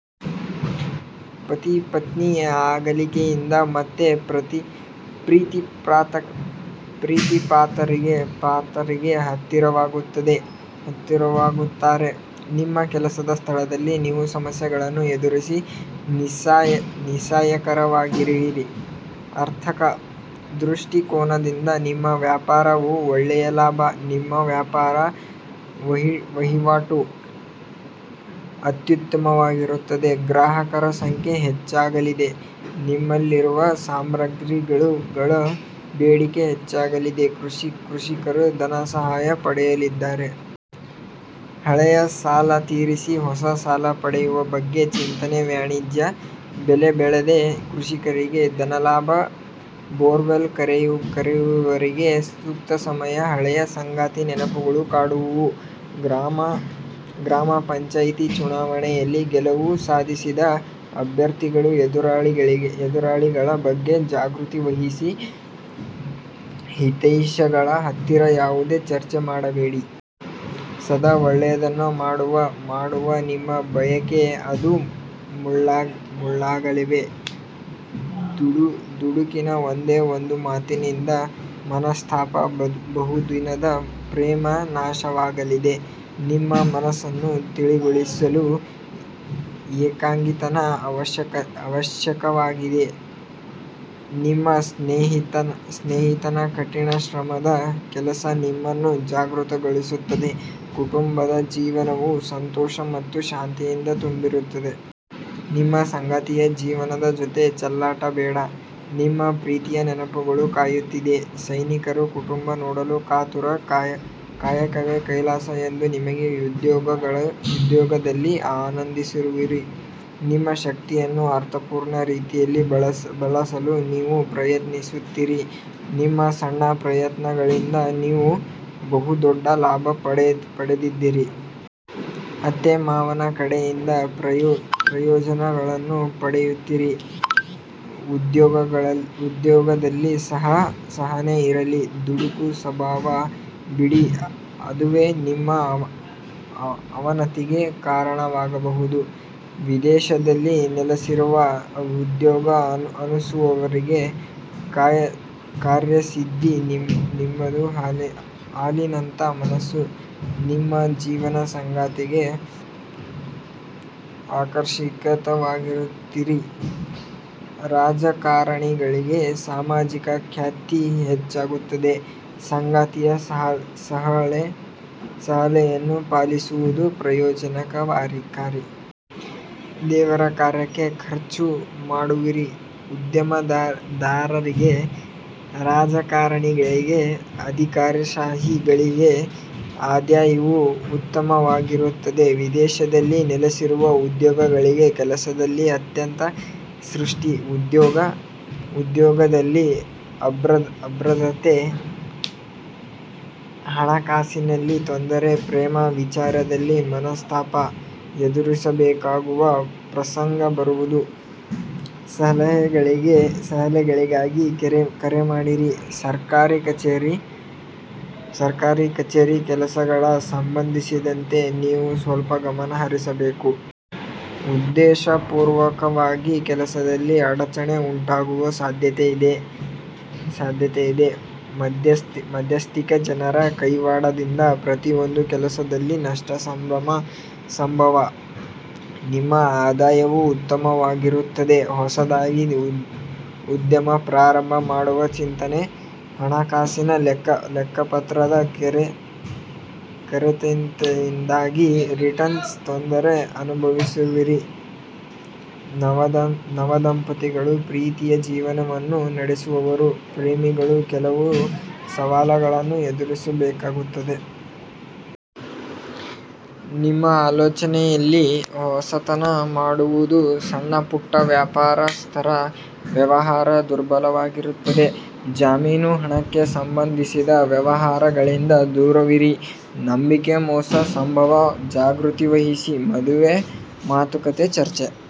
ಪತಿ-ಪತ್ನಿ ಅಗಲಿಕೆಯಿಂದ ಮತ್ತೆ ಪ್ರೀತಿಪಾತ್ರರಿಗೆ ಹತ್ತಿರವಾಗುತ್ತಾರೆ. ನಿಮ್ಮ ಕೆಲಸದ ಸ್ಥಳದಲ್ಲಿ ನೀವು ಸಮಸ್ಯೆಗಳನ್ನು ಎದುರಿಸಿ ನಿಸ್ಸಾಯಕರಾಗುವಿರಿ. ಆರ್ಥಿಕ ದೃಷ್ಟಿಕೋನದಿಂದ ನಿಮ್ಮ ವ್ಯಾಪಾರವು ಒಳ್ಳೆಯ ಲಾಭ. ನಿಮ್ಮ ವ್ಯಾಪಾರ ವಹಿವಾಟು ಅತ್ಯುತ್ತಮವಾಗಿರುತ್ತದೆ. ಗ್ರಾಹಕರ ಸಂಖ್ಯೆ ಹೆಚ್ಚಾಗಲಿದೆ, ನಿಮ್ಮಲ್ಲಿರುವ ಸಾಮಗ್ರಿಗಳ ಬೇಡಿಕೆ ಹೆಚ್ಚಾಗಲಿದೆ. ಕೃಷಿಕರು ಧನ ಸಹಾಯ ಪಡೆಯಲಿದ್ದಾರೆ. ಹಳೆಯ ಸಾಲ ತೀರಿಸಿ, ಹೊಸ ಸಾಲ ಪಡೆಯುವ ಬಗ್ಗೆ ಚಿಂತನೆ. ವಾಣಿಜ್ಯ ಬೆಳೆ ಬೆಳೆದ ಕೃಷಿಕರಿಗೆ ಧನಲಾಭ. ಬೋರ್ವೆಲ್ ಕೊರೆಯುವರಿಗೆ ಸೂಕ್ತ ಸಮಯ. ಹಳೆಯ ಸಂಗಾತಿ ನೆನಪುಗಳು ಕಾಡುವವು. ಗ್ರಾಮ ಪಂಚಾಯಿತಿ ಚುನಾವಣೆಯಲ್ಲಿ ಗೆಲುವು ಸಾಧಿಸಿದ ಅಭ್ಯರ್ಥಿಗಳು ಎದುರಾಳಿಗಳ ಬಗ್ಗೆ ಜಾಗೃತಿ ವಹಿಸಿ. ಹಿತೈಷಿಗಳ ಹತ್ತಿರ ಯಾವುದೇ ಚರ್ಚೆ ಮಾಡಬೇಡಿ. ಸದಾ ಒಳ್ಳೆಯದನ್ನು ಮಾಡುವ ನಿಮ್ಮ ಬಯಕೆ ಅದು ಮುಳ್ಳಾಗಲಿವೆ. ದುಡುಕಿನ ಒಂದೇ ಒಂದು ಮಾತಿನಿಂದ ಮನಸ್ತಾಪ ಬಹುದಿನದ ಪ್ರೇಮ ನಾಶವಾಗಲಿದೆ. ನಿಮ್ಮ ಮನಸ್ಸನ್ನು ತಿಳಿಗೊಳಿಸಲು ಏಕಾಂಗಿತನ ಅವಶ್ಯಕವಾಗಿದೆ. ನಿಮ್ಮ ಸ್ನೇಹಿತನ ಕಠಿಣ ಶ್ರಮದ ಕೆಲಸ ನಿಮ್ಮನ್ನು ಜಾಗೃತಗೊಳಿಸುತ್ತದೆ. ಕುಟುಂಬದ ಜೀವನವು ಸಂತೋಷ ಮತ್ತು ಶಾಂತಿಯಿಂದ ತುಂಬಿರುತ್ತದೆ. ನಿಮ್ಮ ಸಂಗಾತಿಯ ಜೀವನದ ಜೊತೆ ಚೆಲ್ಲಾಟ ಬೇಡ. ನಿಮ್ಮ ಪ್ರೀತಿಯ ನೆನಪುಗಳು ಕಾಯುತ್ತಿದೆ. ಸೈನಿಕರು ಕುಟುಂಬ ನೋಡಲು ಕಾತುರ. "ಕಾಯಕವೇ ಕೈಲಾಸ "ಎಂದ ನಿಮಗೆ ಉದ್ಯೋಗದಲ್ಲಿ ಆನಂದಿಸುವಿರಿ. ನಿಮ್ಮ ಶಕ್ತಿಯನ್ನು ಅರ್ಥಪೂರ್ಣ ರೀತಿಯಲ್ಲಿ ಬಳಸಲು ನೀವು ಪ್ರಯತ್ನಿಸುತ್ತೀರಿ. ನಿಮ್ಮ ಸಣ್ಣ ಪ್ರಯತ್ನಗಳಿಂದ ನೀವು ಬಹುದೊಡ್ಡ ಲಾಭ ಪಡೆದಿದ್ದೀರಿ. ಅತ್ತೆ-ಮಾವನ ಕಡೆಯಿಂದ ಪ್ರಯೋಜನಗಳನ್ನು ಪಡೆಯುತ್ತೀರಿ. ಉದ್ಯೋಗದಲ್ಲಿ ಸಹನೆ ಇರಲಿ ದುಡುಕು ಸಭಾವ ಬಿಡಿ ಅದುವೇ ನಿಮ್ಮ ಅವನತಿಗೆ ಕಾರಣವಾಗಬಹುದು. ವಿದೇಶದಲ್ಲಿ ನೆಲೆಸಿರುವ ಉದ್ಯೋಗ ಅರಸುವವರಿಗೆ ಕಾರ್ಯಸಿದ್ಧಿ, ನಿಮ್ಮದು ಹಾಲಿನಂತ ಮನಸ್ಸು, ನಿಮ್ಮ ಜೀವನ ಸಂಗಾತಿಗೆ ಆಕರ್ಷಿತರಾಗುತ್ತೀರಿ. ರಾಜಕಾರಣಿಗಳಿಗೆ ಸಾಮಾಜಿಕ ಖ್ಯಾತಿ ಹೆಚ್ಚಾಗುತ್ತದೆ. ಸಂಗಾತಿಯ ಸಲಹೆಯನ್ನು ಪಾಲಿಸುವುದು ಪ್ರಯೋಜನಕಾರಿ. ದೇವರ ಕಾರ್ಯಕ್ಕೆ ಖರ್ಚು ಮಾಡುವಿರಿ. ಉದ್ಯಮ ದಾರರಿಗೆ, ರಾಜಕಾರಣಿಗಳಿಗೆ, ಅಧಿಕಾರಿಶಾಹಿ ಗಳಿಗೆ ಆದಾಯವೂ ಉತ್ತಮವಾಗಿರುತ್ತದೆ. ವಿದೇಶದಲ್ಲಿ ನೆಲೆಸಿರುವ ಉದ್ಯೋಗಿಗಳಿಗೆ ಕೆಲಸದಲ್ಲಿ ಆತಂಕ ಸೃಷ್ಟಿ, ಉದ್ಯೋಗದಲ್ಲಿ ಅಭದ್ರತೆ, ಹಣಕಾಸಿನಲ್ಲಿ ತೊಂದರೆ, ಪ್ರೇಮ ವಿಚಾರದಲ್ಲಿ ಮನಸ್ತಾಪ ಎದುರಿಸಬೇಕಾಗುವ ಪ್ರಸಂಗ ಬರುವುದು. ಸಲಹೆಗಳಿಗಾಗಿ ಕರೆ ಮಾಡಿರಿ. ಸರ್ಕಾರಿ ಕಛೇರಿ ಕೆಲಸಗಳ ಸಂಬಂಧಿಸಿದಂತೆ ನೀವು ಸ್ವಲ್ಪ ಗಮನ ಹರಿಸಬೇಕು. ಉದ್ದೇಶ ಪೂರ್ವಕವಾಗಿ ಕೆಲಸದಲ್ಲಿ ಅಡಚಣೆ ಉಂಟಾಗುವ ಸಾಧ್ಯತೆಯಿದೆ. ಮಧ್ಯಸ್ಥಿಕೆ ಜನರ ಕೈವಾಡದಿಂದ ಪ್ರತಿಯೊಂದು ಕೆಲಸದಲ್ಲಿ ನಷ್ಟ ಸಂಭವ. ನಿಮ್ಮ ಆದಾಯವು ಉತ್ತಮವಾಗಿರುತ್ತದೆ. ಹೊಸದಾಗಿ ಉದ್ಯಮ ಪ್ರಾರಂಭ ಮಾಡುವ ಚಿಂತನೆ. ಹಣಕಾಸಿನ ಲೆಕ್ಕಪತ್ರದ ಕೊರತೆಯಿಂದಾಗಿ ರಿಟರ್ನ್ಸ್ ತೊಂದರೆ ಅನುಭವಿಸುವಿರಿ. ನವದಂಪತಿಗಳು ಪ್ರೀತಿಯ ಜೀವನವನ್ನು ನಡೆಸುವವರು. ಪ್ರೇಮಿಗಳು ಕೆಲವು ಸವಾಲುಗಳನ್ನು ಎದುರಿಸಬೇಕಾಗುತ್ತದೆ. ನಿಮ್ಮ ಆಲೋಚನೆಯಲ್ಲಿ ಹೊಸತನ ಮೂಡುವುದು. ಸಣ್ಣಪುಟ್ಟ ವ್ಯಾಪಾರಸ್ಥರ ವ್ಯವಹಾರ ದುರ್ಬಲವಾಗಿರುತ್ತದೆ. ಜಾಮೀನು ಹಣಕ್ಕೆ ಸಂಬಂಧಿಸಿದ ವ್ಯವಹಾರಗಳಿಂದ ದೂರವಿರಿ. ನಂಬಿಕೆ ಮೋಸ ಸಂಭವ ಜಾಗೃತಿ ವಹಿಸಿ. ಮದುವೆ ಮಾತುಕತೆ ಚರ್ಚೆ.